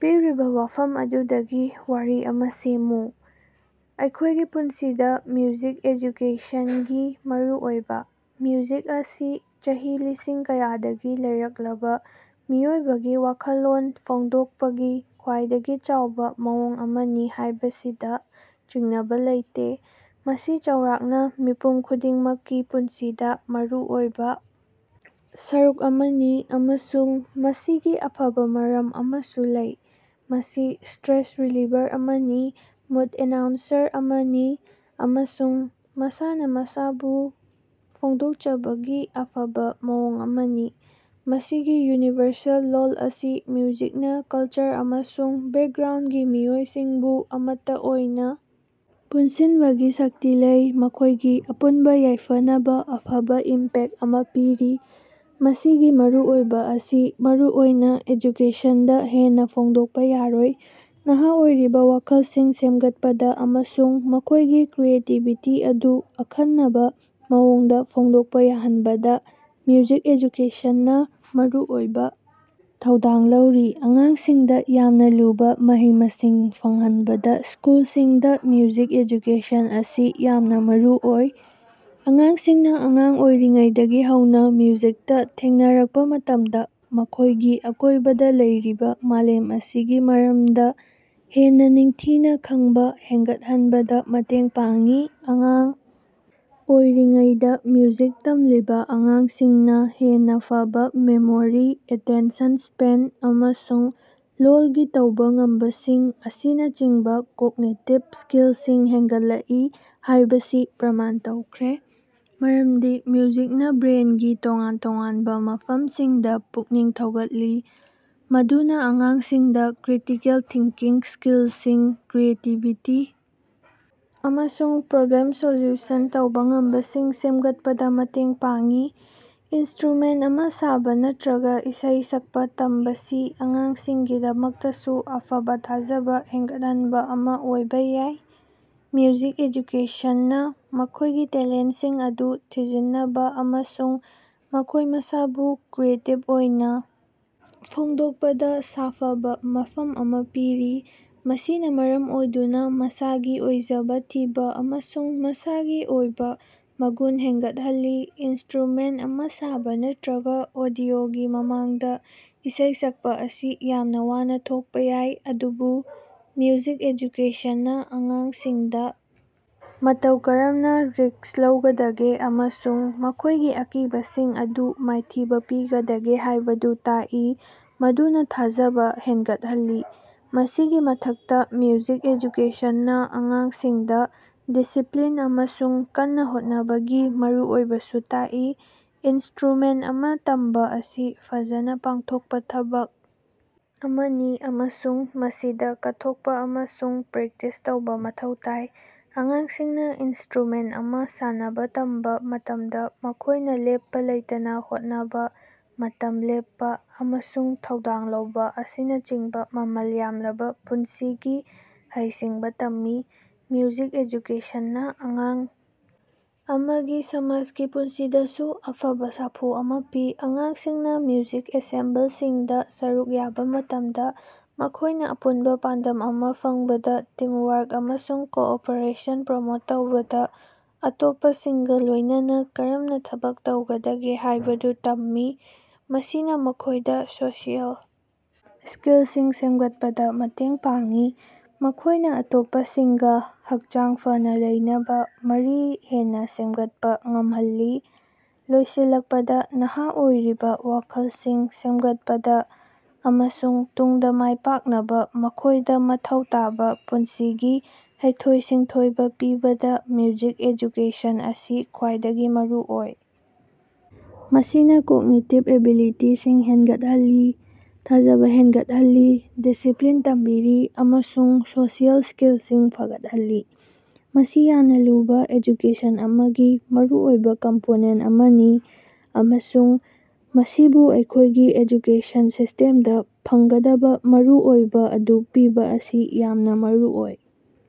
ꯄꯤꯔꯤꯕ ꯋꯥꯐꯝ ꯑꯗꯨꯗꯒꯤ ꯋꯥꯔꯤ ꯑꯃꯥ ꯁꯦꯝꯃꯨ꯫ ꯑꯩꯈꯣꯏꯒꯤ ꯄꯨꯟꯁꯤꯗ ꯃ꯭ꯌꯨꯖꯤꯛ ꯑꯦꯖꯨꯀꯦꯁꯟꯒꯤ ꯃꯔꯨꯑꯣꯏꯕ꯫ ꯃ꯭ꯌꯨꯖꯤꯛ ꯑꯁꯤ ꯆꯍꯤ ꯂꯤꯁꯤꯡ ꯀꯌꯥꯗꯒꯤ ꯂꯩꯔꯛꯂꯕ ꯃꯤꯑꯣꯏꯕꯒꯤ ꯋꯥꯈꯜꯂꯣꯟ ꯐꯣꯡꯗꯣꯛꯄꯒꯤ ꯈ꯭ꯋꯥꯏꯗꯒꯤ ꯆꯥꯎꯕ ꯃꯑꯣꯡ ꯑꯃꯅꯤ ꯍꯥꯏꯕꯁꯤꯗ ꯆꯤꯡꯅꯕ ꯂꯩꯇꯦ꯫ ꯃꯁꯤ ꯆꯥꯎꯔꯥꯛꯅ ꯃꯤꯄꯨꯝ ꯈꯨꯗꯤꯡꯃꯛꯀꯤ ꯄꯨꯟꯁꯤꯒꯤ ꯃꯔꯨꯑꯣꯏꯕ ꯁꯔꯨꯛ ꯑꯃꯅꯤ, ꯑꯃꯁꯨꯡ ꯃꯁꯤꯒꯤ ꯑꯐꯕ ꯃꯔꯝ ꯑꯃꯁꯨ ꯂꯩ꯫ ꯃꯁꯤ ꯁ꯭ꯇꯔꯦꯁ ꯔꯤꯂꯤꯚꯔ ꯑꯃꯅꯤ, ꯃꯨꯗ ꯑꯦꯟꯍꯥꯟꯁꯔ ꯑꯃꯅꯤ ꯑꯃꯁꯨꯡ ꯃꯁꯥꯅ ꯃꯁꯥꯕꯨ ꯐꯣꯡꯗꯣꯛꯆꯕꯒꯤ ꯑꯐꯕ ꯃꯑꯣꯡ ꯑꯃꯅꯤ꯫ ꯃꯁꯤꯒꯤ ꯌꯨꯅꯤꯚꯔꯁꯦꯜ ꯂꯣꯜ ꯑꯁꯤꯅ ꯃ꯭ꯌꯨꯖꯤꯛꯅ ꯀꯜꯆꯔ ꯑꯃꯁꯨꯡ ꯕꯦꯛꯒ꯭ꯔꯥꯎꯟꯒꯤ ꯃꯤꯑꯣꯏꯁꯤꯡꯕꯨ ꯑꯃꯠꯇ ꯑꯣꯏꯅ ꯄꯨꯟꯁꯤꯟꯕꯒꯤ ꯁꯛꯇꯤ ꯂꯩ, ꯃꯈꯣꯏꯒꯤ ꯑꯄꯨꯟꯕ ꯌꯥꯏꯐꯅꯕ ꯑꯐꯕ ꯏꯝꯄꯦꯛ ꯑꯃꯥ ꯄꯤꯔꯤ꯫ ꯃꯁꯤꯒꯤ ꯃꯔꯨꯑꯣꯏꯕ ꯑꯁꯤ ꯃꯔꯨꯑꯣꯏꯅ ꯑꯦꯖꯨꯀꯦꯁꯟꯗ ꯍꯦꯟꯅ ꯐꯣꯡꯗꯣꯛꯄ ꯌꯥꯔꯣꯏ꯫ ꯅꯍꯥ ꯑꯣꯏꯔꯤꯕ ꯋꯥꯈꯜꯁꯤꯡ ꯁꯦꯝꯒꯠꯄꯗ ꯑꯃꯁꯨꯡ ꯃꯈꯣꯏꯒꯤ ꯀ꯭ꯔꯤꯌꯦꯇꯤꯕꯤꯇꯤ ꯑꯗꯨ ꯑꯈꯟꯅꯕ ꯃꯑꯣꯡꯗ ꯐꯣꯡꯗꯣꯛꯄ ꯌꯥꯍꯟꯕꯗ ꯃ꯭ꯌꯨꯖꯤꯛ ꯑꯦꯖꯨꯀꯦꯁꯟꯅ ꯃꯔꯨꯑꯣꯏꯕ ꯊꯧꯗꯥꯡ ꯂꯧꯔꯤ꯫ ꯑꯉꯥꯡꯁꯤꯡꯗ ꯌꯥꯝꯅ ꯂꯨꯕ ꯃꯍꯩ-ꯃꯁꯤꯡ ꯐꯪꯍꯟꯕꯗ ꯁ꯭ꯀꯨꯜꯁꯤꯡꯗ ꯃ꯭ꯌꯨꯖꯤꯛ ꯑꯦꯖꯨꯀꯦꯁꯟ ꯑꯁꯤ ꯌꯥꯝꯅ ꯃꯔꯨꯑꯣꯏ꯫ ꯑꯉꯥꯡꯁꯤꯡꯅ ꯑꯉꯥꯡ ꯑꯣꯏꯔꯤꯉꯩꯗꯒꯤ ꯍꯧꯅ ꯃ꯭ꯌꯨꯖꯤꯛꯇ ꯊꯦꯡꯅꯔꯛꯄ ꯃꯇꯝꯗ, ꯃꯈꯣꯏꯒꯤ ꯑꯀꯣꯏꯕꯗ ꯂꯩꯔꯤꯕ ꯃꯥꯂꯦꯝ ꯑꯁꯤꯒꯤ ꯃꯔꯝꯗ ꯍꯦꯟꯅ ꯅꯤꯡꯊꯤꯅ ꯈꯪꯕ ꯍꯦꯟꯒꯠꯍꯟꯕꯗ ꯃꯇꯦꯡ ꯄꯥꯡꯏ꯫ ꯑꯉꯥꯡ ꯑꯣꯏꯔꯤꯉꯩꯗꯥ ꯃ꯭ꯌꯨꯖꯤꯛ ꯇꯝꯂꯤꯕ ꯑꯉꯥꯡꯁꯤꯡꯅ ꯍꯦꯟꯅ ꯐꯕꯥ ꯃꯦꯃꯣꯔꯤ, ꯑꯦꯇꯦꯟꯁꯟ ꯁ꯭ꯄꯦꯟ, ꯑꯃꯁꯨꯡ ꯂꯣꯜꯒꯤ ꯇꯧꯕ ꯉꯝꯕꯁꯤꯡ ꯑꯁꯤꯅꯆꯤꯡꯕ ꯀꯣꯒꯅꯤꯇꯤꯚ ꯁ꯭ꯀꯤꯜꯁꯤꯡ ꯍꯦꯟꯒꯠꯂꯛꯏ ꯍꯥꯏꯕꯁꯤ ꯄ꯭ꯔꯃꯥꯟ ꯇꯧꯈ꯭ꯔꯦ꯫ ꯃꯔꯝꯗꯤ ꯃ꯭ꯌꯨꯖꯤꯛꯅ ꯕ꯭ꯔꯦꯟꯒꯤ ꯇꯣꯉꯥꯟ-ꯇꯣꯉꯥꯟꯕ ꯃꯐꯝꯁꯤꯡꯗ ꯄꯨꯛꯅꯤꯡ ꯊꯧꯒꯠꯂꯤ, ꯃꯗꯨꯅ ꯑꯉꯥꯡꯁꯤꯡꯗ ꯀ꯭ꯔꯤꯇꯤꯀꯦꯜ ꯊꯤꯡꯀꯤꯡ ꯁ꯭ꯀꯤꯜꯁꯤꯡ, ꯀ꯭ꯔꯤꯌꯦꯇꯤꯚꯤꯇꯤ ꯑꯃꯁꯨꯡ ꯄ꯭ꯔꯣꯕ꯭ꯂꯦꯝ ꯁꯣꯜꯌꯨꯁꯟ ꯇꯧꯕ ꯉꯝꯕꯁꯤꯡ ꯁꯦꯝꯒꯠꯄꯗ ꯃꯇꯦꯡ ꯄꯥꯡꯏ꯫ ꯏꯟꯁ꯭ꯇꯔꯨꯃꯦꯟ ꯑꯃꯥ ꯁꯥꯕ ꯅꯠꯇꯔꯒ ꯏꯁꯩ ꯁꯛꯄ ꯇꯝꯕꯁꯤ ꯑꯉꯥꯡꯁꯤꯡꯒꯤꯗꯃꯛꯇꯁꯨ ꯑꯐꯕ ꯊꯥꯖꯕ ꯍꯦꯟꯒꯠꯍꯟꯕ ꯑꯃꯥ ꯑꯣꯏꯕ ꯌꯥꯏ꯫ ꯃ꯭ꯌꯨꯖꯤꯛ ꯑꯦꯖꯨꯀꯦꯁꯟꯅ ꯃꯈꯣꯏꯒꯤ ꯇꯦꯂꯦꯟꯁꯤꯡ ꯑꯗꯨ ꯊꯤꯖꯤꯟꯅꯕ ꯑꯃꯁꯨꯡ ꯃꯈꯣꯏ ꯃꯁꯥꯕꯨ ꯀ꯭ꯔꯤꯌꯦꯇꯤꯕ ꯑꯣꯏꯅ ꯐꯣꯡꯗꯣꯛꯄꯗ ꯁꯥꯐꯕ ꯃꯐꯝ ꯑꯃ ꯄꯤꯔꯤ, ꯃꯁꯤꯅ ꯃꯔꯝ ꯑꯣꯏꯗꯨꯅ ꯃꯁꯥꯒꯤ ꯑꯣꯏꯖꯕ ꯊꯤꯕ ꯑꯃꯁꯨꯡ ꯃꯁꯥꯒꯤ ꯑꯣꯏꯕ ꯃꯒꯨꯟ ꯍꯦꯟꯒꯠꯍꯜꯂꯤ꯫ ꯏꯟꯁꯇ꯭ꯔꯨꯃꯦꯟ ꯑꯃꯥ ꯁꯥꯕ ꯅꯠꯇꯔꯒ ꯑꯣꯗꯤꯑꯣꯒꯤ ꯃꯃꯥꯡꯗ ꯏꯁꯩ ꯁꯛꯄ ꯑꯁꯤ ꯌꯥꯝꯅ ꯋꯥꯅ ꯊꯣꯛꯄ ꯌꯥꯏ, ꯑꯗꯨꯕꯨ ꯃ꯭ꯌꯨꯖꯤꯛ ꯑꯦꯖꯨꯀꯦꯁꯟꯅ ꯑꯉꯥꯡꯁꯤꯡꯗ ꯃꯇꯧ ꯀꯔꯝꯅ ꯔꯤꯁ꯭ꯛ ꯂꯧꯒꯗꯒꯦ ꯑꯃꯁꯨꯡ ꯃꯈꯣꯏꯒꯤ ꯑꯀꯤꯕꯁꯤꯡ ꯑꯗꯨ ꯃꯥꯏꯊꯤꯕ ꯄꯤꯒꯗꯒꯦ ꯍꯥꯏꯕꯗꯨ ꯇꯥꯛꯏ, ꯃꯗꯨꯅ ꯊꯥꯖꯕ ꯍꯦꯟꯒꯠꯍꯜꯂꯤ꯫ ꯃꯁꯤꯒꯤ ꯃꯊꯛꯇ, ꯃ꯭ꯌꯨꯖꯤꯛ ꯑꯦꯖꯨꯀꯦꯁꯟꯅ ꯑꯉꯥꯡꯁꯤꯡꯗ ꯗꯤꯁꯤꯄ‌꯭ꯂꯤꯟ ꯑꯃꯁꯨꯡ ꯀꯟꯅ ꯍꯣꯠꯅꯕꯒꯤ ꯃꯔꯨꯑꯣꯏꯕꯁꯨ ꯇꯥꯛꯏ꯫ ꯏꯟꯁ꯭ꯇꯔꯨꯃꯦꯟ ꯑꯃꯥ ꯇꯝꯕ ꯑꯁꯤ ꯐꯖꯅ ꯄꯥꯡꯊꯣꯛꯄ ꯊꯕꯛ ꯑꯃꯅꯤ ꯑꯃꯁꯨꯡ ꯃꯁꯤꯗ ꯀꯠꯊꯣꯛꯄ ꯑꯃꯁꯨꯡ ꯄ꯭ꯔꯦꯛꯇꯤꯁ ꯇꯧꯕ ꯃꯊꯧ ꯇꯥꯏ꯫ ꯑꯉꯥꯡꯁꯤꯡꯅ ꯏꯟꯁ꯭ꯇꯔꯨꯃꯦꯟ ꯑꯃꯥ ꯁꯥꯟꯅꯕ ꯇꯝꯕ ꯃꯇꯝꯗ, ꯃꯈꯣꯏꯅ ꯂꯦꯞꯄ ꯂꯩꯇꯅ ꯍꯣꯠꯅꯕ, ꯃꯇꯝ ꯂꯦꯞꯄ ꯑꯃꯁꯨꯡ ꯊꯧꯗꯥꯡ ꯂꯧꯕ ꯑꯁꯤꯅꯆꯤꯡꯕ ꯃꯃꯜ ꯌꯥꯝꯂꯕ ꯄꯨꯟꯁꯤꯒꯤ ꯍꯩꯁꯤꯡꯕ ꯇꯝꯃꯤ꯫ ꯃ꯭ꯌꯨꯖꯤꯛ ꯑꯦꯖꯨꯀꯦꯁꯟꯅ ꯑꯉꯥꯡ ꯑꯃꯒꯤ ꯁꯃꯥꯖꯒꯤ ꯄꯨꯟꯁꯤꯗꯁꯨ ꯑꯐꯕ ꯁꯥꯐꯨ ꯑꯃꯥ ꯄꯤ꯫ ꯑꯉꯥꯡꯁꯤꯡꯅ ꯃ꯭ꯌꯨꯖꯤꯛ ꯑꯦꯟꯁꯦꯝꯕꯜꯁꯤꯡꯗ ꯁꯔꯨꯛ ꯌꯥꯕ ꯃꯇꯝꯗ, ꯃꯈꯣꯏꯅ ꯑꯄꯨꯟꯕ ꯄꯥꯟꯗꯝ ꯑꯃꯥ ꯐꯪꯕꯗ, ꯇꯤꯝꯋꯥꯔꯛ ꯑꯃꯁꯨꯡ ꯀꯣꯑꯣꯄꯔꯦꯁꯟ ꯄ꯭ꯔꯃꯣꯠ ꯇꯧꯕꯗ ꯑꯇꯣꯞꯄꯁꯤꯡꯒ ꯂꯣꯏꯅꯅꯥ ꯀꯔꯝꯅ ꯊꯕꯛ ꯇꯧꯒꯗꯒꯦ ꯍꯥꯏꯕꯗꯨ ꯇꯝꯃꯤ꯫ ꯃꯁꯤꯅ ꯃꯈꯣꯏꯗ ꯁꯣꯁꯤꯑꯦꯜ ꯁ꯭ꯀꯤꯜꯁꯤꯡ ꯁꯦꯝꯒꯠꯄꯗ ꯃꯇꯦꯡ ꯄꯥꯡꯏ, ꯃꯈꯣꯏꯅ ꯑꯇꯣꯞꯄꯁꯤꯡꯒ ꯍꯛꯆꯥꯡ ꯐꯅꯥ ꯂꯩꯅꯕ ꯃꯔꯤ ꯍꯦꯟꯅ ꯁꯦꯝꯒꯠꯄꯥ ꯉꯝꯍꯜꯂꯤ꯫ ꯂꯣꯏꯁꯤꯜꯂꯛꯄꯗ, ꯅꯍꯥ ꯑꯣꯏꯔꯤꯕꯥ ꯋꯥꯈꯜꯁꯤꯡ ꯁꯦꯝꯒꯠꯄꯗ ꯑꯃꯁꯨꯡ ꯇꯨꯡꯗ ꯃꯥꯏ ꯄꯥꯛꯅꯕ ꯃꯈꯣꯏꯗ ꯃꯊꯧ ꯇꯥꯕ ꯄꯨꯟꯁꯤꯒꯤ ꯍꯩꯊꯣꯏ-ꯁꯤꯡꯊꯣꯏꯕ ꯄꯤꯕꯗ ꯃ꯭ꯌꯨꯖꯤꯛ ꯑꯦꯖꯨꯀꯦꯁꯟ ꯑꯁꯤ ꯈ꯭ꯋꯥꯏꯗꯒꯤ ꯃꯔꯨꯑꯣꯏ꯫ ꯃꯁꯤꯅ ꯀꯣꯒꯅꯤꯇꯤꯚ ꯑꯦꯕꯤꯂꯤꯇꯤꯁꯤꯡ ꯍꯦꯟꯒꯠꯍꯜꯂꯤ, ꯊꯥꯖꯕ ꯍꯦꯟꯒꯠꯍꯜꯂꯤ, ꯗꯤꯁꯤꯄ꯭ꯂꯤꯟ ꯇꯝꯕꯤꯔꯤ ꯑꯃꯁꯨꯡ ꯁꯣꯁꯤꯑꯦꯜ ꯁ꯭ꯀꯤꯜꯁꯤꯡ ꯐꯒꯠꯍꯜꯂꯤ꯫ ꯃꯁꯤ ꯌꯥꯝꯅ ꯂꯨꯕ ꯑꯦꯖꯨꯀꯦꯁꯟ ꯑꯃꯒꯤ ꯃꯔꯨꯑꯣꯏꯕ ꯀꯝꯄꯣꯅꯦꯟ ꯑꯃꯅꯤ, ꯑꯃꯁꯨꯡ ꯃꯁꯤꯕꯨ ꯑꯩꯈꯣꯏꯒꯤ ꯑꯦꯖꯨꯀꯦꯁꯟ ꯁꯤꯁ꯭ꯇꯦꯝꯗ ꯐꯪꯒꯗꯕ ꯃꯔꯨꯑꯣꯏꯕ ꯑꯗꯨ ꯄꯤꯕ ꯑꯁꯤ ꯌꯥꯝꯅ ꯃꯔꯨꯑꯣꯏ꯫